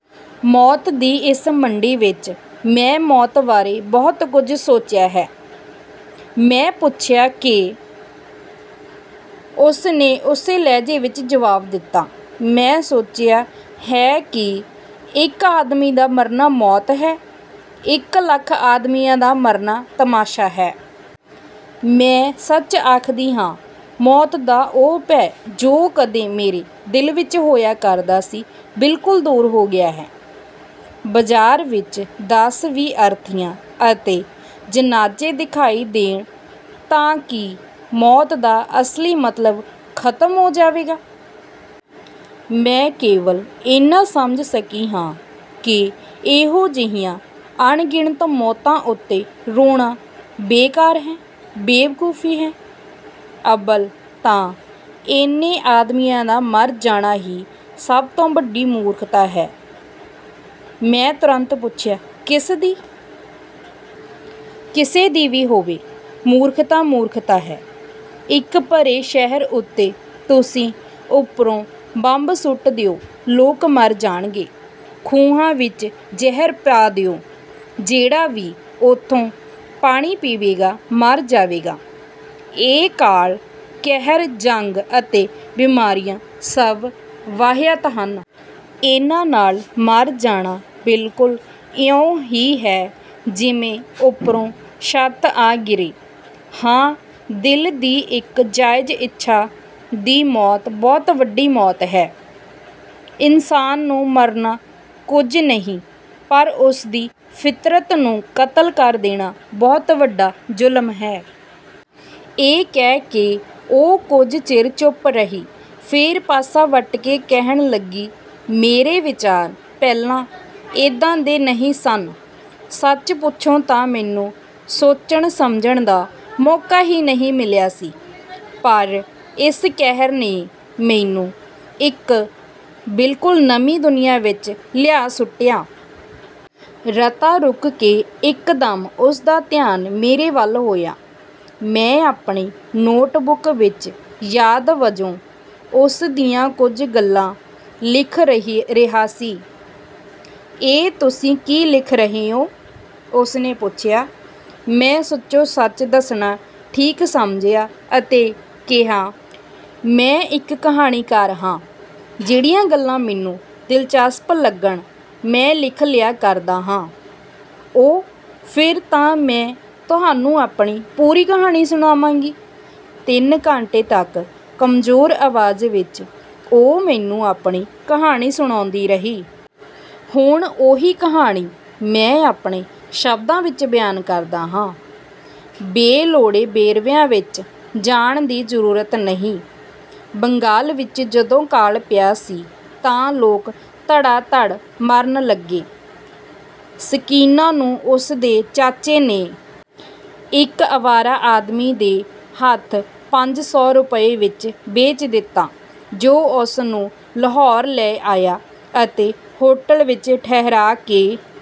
ਮੌਤ ਦੀ ਇਸੇ ਮੰਡੀ ਵਿੱਚ ਮੈਂ ਮੌਤ ਬਾਰੇ ਕੁਝ ਸੋਚਿਆ ਹੈ। ਮੈਂ ਪੁੱਛਿਆ ਕੀ? ਉਹਨੇ ਉਸੇ ਲਹਿਜੇ ਵਿੱਚ ਜਵਾਬ ਦਿੱਤਾ। ਮੈਂ ਸੋਚਿਆ ਹੈ ਕਿ ਇੱਕ ਆਦਮੀ ਦਾ ਮਰਨਾ ਮੌਤ ਹੈ, ਇੱਕ ਲੱਖ ਆਦਮੀਆਂ ਦਾ ਮਰਨਾ ਤਮਾਸ਼ਾ ਹੈ। ਮੈਂ ਸੱਚ ਕਹਿੰਦੀ ਹਾਂ ਮੌਤ ਦਾ ਉਹ ਭੈਅ ਜੋ ਕਦੇ ਮੇਰੇ ਦਿਲ ਵਿੱਚ ਹੋਇਆ ਕਰਦਾ ਸੀ ਬਿਲਕੁਲ ਦੂਰ ਹੋ ਗਿਆ ਹੈ। ਹਰ ਬਜ਼ਾਰ ਵਿੱਚ ਦਸ ਵੀਹ ਅਰਥੀਆਂ ਅਤੇ ਜਨਾਜ਼ੇ ਦਿਖਾਈ ਦੇਣ ਤਾਂ ਕੀ ਮੌਤ ਦਾ ਅਸਲੀ ਮਤਲਬ ਖ਼ਤਮ ਨਹੀਂ ਹੋ ਜਾਵੇਗਾ? ਮੈਂ ਕੇਵਲ ਏਨਾ ਸਮਝ ਸਕੀ ਹਾਂ ਕਿ ਇਹੋ ਜਿਹੀਆਂ ਅਣਗਿਣਤ ਮੌਤਾਂ ਉੱਤੇ ਰੋਣਾ ਬੇਕਾਰ ਹੈ, ਬੇਵਕੂਫ਼ੀ ਹੈ। ਅੱਵਲ ਤਾਂ ਏਨੇ ਆਦਮੀਆਂ ਦਾ ਮਰ ਜਾਣਾ ਹੀ ਸਭ ਤੋਂ ਵੱਡੀ ਮੂਰਖ਼ਤਾ ਹੈ। ਮੈਂ ਤੁਰੰਤ ਪੁੱਛਿਆ ਕਿਸ ਦੀ? ਕਿਸੇ ਦੀ ਵੀ ਹੋਵੇ। ਮੂਰਖ਼ਤਾ ਮੂਰਖ਼ਤਾ ਹੈ। ਇੱਕ ਭਰੇ ਸ਼ਹਿਰ ਉੱਤੇ ਤੁਸੀਂ ਉੱਪਰੋਂ ਬੰਬ ਸੁੱਟ ਦਿਓ ਲੋਕ ਮਰ ਜਾਣਗੇ। ਖੂਹਾਂ ਵਿੱਚ ਜ਼ਹਿਰ ਪਾ ਦਿਓ ਜਿਹੜਾ ਵੀ ਓਥੋਂ ਪਾਣੀ ਪੀਵੇਗਾ ਮਰ ਜਾਵੇਗਾ। ਇਹ ਕਾਲ ਕਹਿਰ ਜੰਗ ਅਤੇ ਬੀਮਾਰੀਆਂ ਸਭ ਵਾਹੀਆਤ ਹਨ। ਇਹਨਾਂ ਨਾਲ ਮਰ ਜਾਣਾ ਬਿਲਕੁਲ ਇਉਂ ਹੀ ਐ ਜਿਵੇਂ ਉੱਪਰੋਂ ਛੱਤ ਆ ਗਿਰੇ। ਹਾਂ ਦਿਲ ਦੀ ਇੱਕ ਜਾਇਜ਼ ਇੱਛਾ ਦੀ ਮੌਤ ਬਹੁਤ ਵੱਡੀ ਮੌਤ ਹੈ। ਇਨਸਾਨ ਨੂੰ ਮਾਰਨਾ ਕੁਝ ਨਹੀਂ ਪਰ ਉਸਦੀ ਫ਼ਿਤਰਤ ਨੂੰ ਕਤਲ ਕਰ ਦੇਣਾ ਬਹੁਤ ਵੱਡਾ ਜ਼ੁਲਮ ਹੈ। ਇਹ ਕਹਿ ਕੇ ਉਹ ਕੁਝ ਚਿਰ ਚੁੱਪ ਰਹੀ। ਫੇਰ ਪਾਸਾ ਵੱਟ ਕੇ ਕਹਿਣ ਲੱਗੀ। ਮੇਰੇ ਵਿਚਾਰ ਪਹਿਲਾਂ ਏਦਾਂ ਦੇ ਨਹੀਂ ਸਨ। ਸੱਚ ਪੁੱਛੋਂ ਤਾਂ ਮੈਨੂੰ ਸੋਚਣ ਸਮਝਣ ਦਾ ਮੌਕਾ ਹੀ ਨਹੀਂ ਸੀ ਮਿਲਿਆ ਪਰ ਇਸ ਕਹਿਰ ਨੇ ਮੈਨੂੰ ਇੱਕ ਬਿਲਕੁਲ ਨਵੀਂ ਦੁਨੀਆਂ ਵਿੱਚ ਲਿਆ ਸੁੱਟਿਆ। ਰਤਾ ਰੁਕ ਕੇ ਇੱਕਦਮ ਉਹਦਾ ਧਿਆਨ ਮੇਰੇ ਵੱਲ ਹੋਇਆ। ਮੈਂ ਆਪਣੀ ਨੋਟਬੁੱਕ ਵਿੱਚ ਯਾਦ ਵਜੋਂ ਉਸਦੀਆਂ ਕੁਝ ਗੱਲਾਂ ਲਿਖ ਰਿਹਾ ਸੀ। ਇਹ ਤੁਸੀਂ ਕੀ ਲਿਖ ਰਹੇ ਓ? ਉਹਨੇ ਪੁੱਛਿਆ। ਮੈਂ ਸੱਚੋ ਸੱਚ ਦੱਸਣਾ ਠੀਕ ਸਮਝਿਆ ਅਤੇ ਕਿਹਾ। ਮੈਂ ਇੱਕ ਕਹਾਣੀਕਾਰ ਹਾਂ। ਜਿਹੜੀਆਂ ਗੱਲਾਂ ਮੈਨੂੰ ਦਿਲਚਸਪ ਲੱਗਣ ਮੈਂ ਲਿਖ ਲਿਆ ਕਰਦਾ ਹਾਂ। ਓਹ ਫੇਰ ਤਾਂ ਮੈਂ ਤੁਹਾਨੂੰ ਆਪਣੀ ਪੂਰੀ ਕਹਾਣੀ ਸੁਣਾਵਾਂਗੀ। ਤਿੰਨ ਘੰਟੇ ਤੱਕ ਕਮਜ਼ੋਰ ਆਵਾਜ਼ ਵਿੱਚ ਉਹ ਮੈਨੂੰ ਆਪਣੀ ਕਹਾਣੀ ਸੁਣਾਉਂਦੀ ਰਹੀ। ਹੁਣ ਉਹੀ ਕਹਾਣੀ ਮੈਂ ਆਪਣੇ ਸ਼ਬਦਾਂ ਵਿੱਚ ਬਿਆਨ ਕਰਦਾ ਹਾਂ। ਬੇਲੋੜੇ ਵੇਰਵਿਆਂ ਵਿੱਚ ਜਾਣ ਦੀ ਜ਼ਰੂਰਤ ਨਹੀਂ। ਬੰਗਾਲ ਵਿੱਚ ਜਦੋਂ ਕਾਲ ਪਿਆ ਤਾਂ ਲੋਕ ਧੜਾ ਧੜ ਮਰਨ ਲੱਗੇ। ਸਕੀਨਾ ਨੂੰ ਉਹਦੇ ਚਾਚੇ ਨੇ ਇੱਕ ਅਵਾਰਾ ਆਦਮੀ ਦੇ ਹੱਥ ਪੰਜ ਸੌ ਰੁਪਏ ਵਿੱਚ ਵੇਚ ਦਿੱਤਾ ਜੋ ਉਹਨੂੰ ਲਾਹੌਰ ਲੈ ਆਇਆ ਅਤੇ ਇੱਕ ਹੋਟਲ ਵਿੱਚ ਠਹਿਰਾਅ ਕੇ